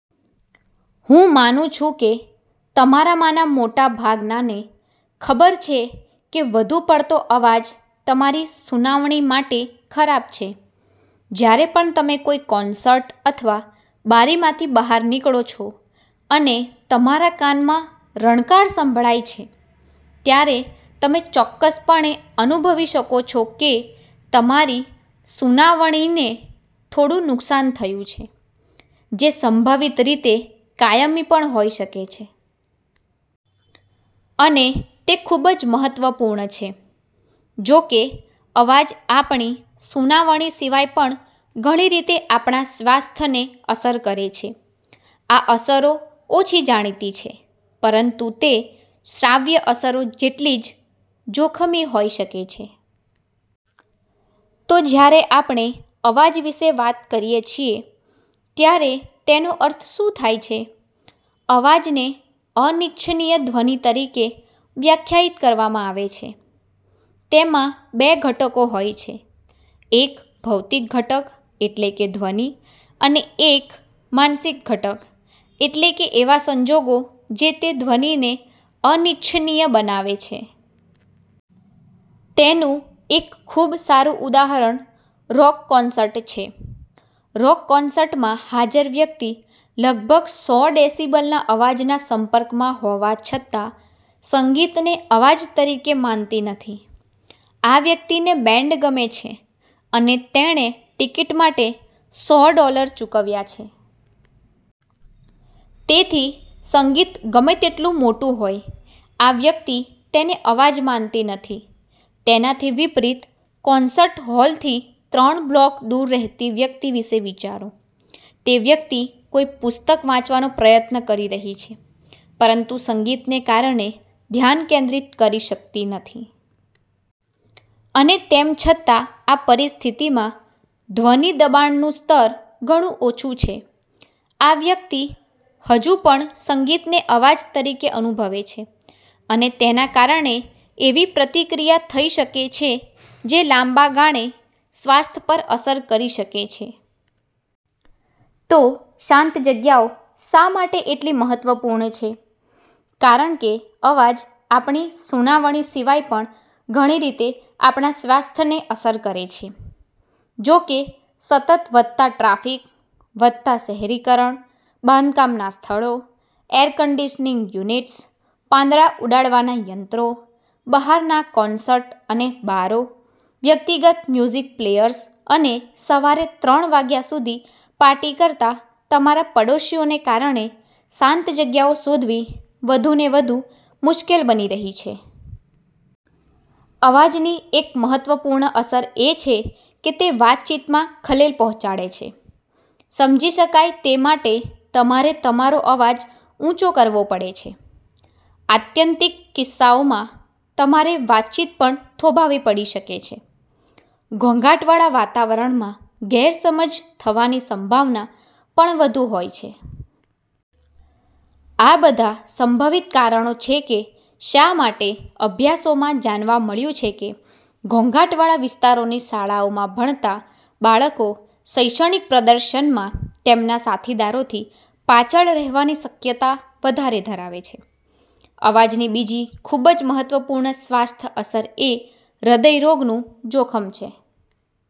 હું માનું છું કે તમારામાંના મોટા ભાગનાને ખબર છે કે વધુ પડતો અવાજ તમારી સુનાવણી માટે ખરાબ છે. જ્યારે પણ તમે કોઈ કોન્સર્ટ અથવા બારમાંથી બહાર નીકળો છો અને તમારા કાનમાં રણકારા સંભળાય છે, ત્યારે તમે ચોક્કસપણે અનુભવી શકો છો કે તમારી સુનાવણીને થોડું નુકસાન થયું છે, જે સંભવિત રીતે કાયમી પણ હોઈ શકે છે. અને તે ખૂબ જ મહત્વપૂર્ણ છે. જોકે, અવાજ આપણી સુનાવણી સિવાય પણ ઘણી રીતે આપણા સ્વાસ્થ્યને અસર કરે છે. આ અસરો ઓછી જાણીતી છે, પરંતુ તે શ્રાવ્ય અસરો જેટલી જ જોખમી હોઈ શકે છે. તો જ્યારે આપણે અવાજ વિશે વાત કરીએ છીએ, ત્યારે તેનો અર્થ શું થાય છે? અવાજને અનિચ્છનીય ધ્વનિ તરીકે વ્યાખ્યાયિત કરવામાં આવે છે. તેમાં બે ઘટકો હોય છે: એક ભૌતિક ઘટક, એટલે કે ધ્વનિ, અને એક માનસિક ઘટક, એટલે કે એવા સંજોગો જે તે ધ્વનિને અનિચ્છનીય બનાવે છે. તેનું એક ખૂબ સારું ઉદાહરણ રોક કોન્સર્ટ છે. રોક કોન્સર્ટમાં હાજર વ્યક્તિ લગભગ સો ડેસિબલના અવાજના સંપર્કમાં હોવા છતાં સંગીતને અવાજ તરીકે માનતી નથી. આ વ્યક્તિને બેન્ડ ગમે છે અને તેણે ટિકિટ માટે સો ડોલર ચૂકવ્યા છે. તેથી સંગીત ગમે તેટલું મોટું હોય, આ વ્યક્તિ તેને અવાજ માનતી નથી. તેનાથી વિપરીત, કોન્સર્ટ હોલથી ત્રણ બ્લોક દૂર રહેતી વ્યક્તિ વિશે વિચારો. તે વ્યક્તિ કોઈ પુસ્તક વાંચવાનો પ્રયત્ન કરી રહી છે, પરંતુ સંગીતને કારણે ધ્યાન કેન્દ્રિત કરી શકતી નથી. અને તેમ છતાં આ પરિસ્થિતિમાં ધ્વનિ દબાણનું સ્તર ઘણું ઓછું છે, આ વ્યક્તિ હજુ પણ સંગીતને અવાજ તરીકે અનુભવે છે અને તેના કારણે એવી પ્રતિક્રિયા થઈ શકે છે, જે લાંબા ગાળે સ્વાસ્થ્ય પર અસર કરી શકે છે. તો શાંત જગ્યાઓ શા માટે એટલી મહત્વપૂર્ણ છે? કારણ કે અવાજ આપણી સુનાવણી સિવાય પણ ઘણી રીતે આપણા સ્વાસ્થ્યને અસર કરે છે. જોકે, સતત વધતા ટ્રાફિક, વધતા શહેરીકરણ, બાંધકામના સ્થળો, એર કન્ડિશનિંગ યુનિટ્સ, પાંદડાં ઉડાડવાના યંત્રો, બહારના કોન્સર્ટ અને બારો, વ્યક્તિગત મ્યુઝિક પ્લેયર્સ અને સવારે ત્રણ વાગ્યા સુધી પાર્ટી કરતા તમારા પડોશીઓને કારણે શાંત જગ્યાઓ શોધવી વધુને વધુ મુશ્કેલ બની રહી છે. અવાજની એક મહત્વપૂર્ણ અસર એ છે કે તે વાતચીતમાં ખલેલ પહોંચાડે છે. સમજી શકાય તે માટે તમારે તમારો અવાજ ઊંચો કરવો પડે છે. આત્યંતિક કિસ્સાઓમાં, તમારે વાતચીત પણ થોભાવવી પડી શકે છે. ઘોંઘાટવાળા વાતાવરણમાં ગેરસમજ થવાની સંભાવના પણ વધુ હોય છે. આ બધાં સંભવિત કારણો છે કે શા માટે અભ્યાસોમાં જાણવા મળ્યું છે કે ઘોંઘાટવાળા વિસ્તારોની શાળાઓમાં ભણતાં બાળકો શૈક્ષણિક પ્રદર્શનમાં તેમના સાથીદારોથી પાછળ રહેવાની શક્યતા વધારે ધરાવે છે. અવાજની બીજી ખૂબ જ મહત્વપૂર્ણ સ્વાસ્થ્ય અસર એ હૃદયરોગનું જોખમ છે.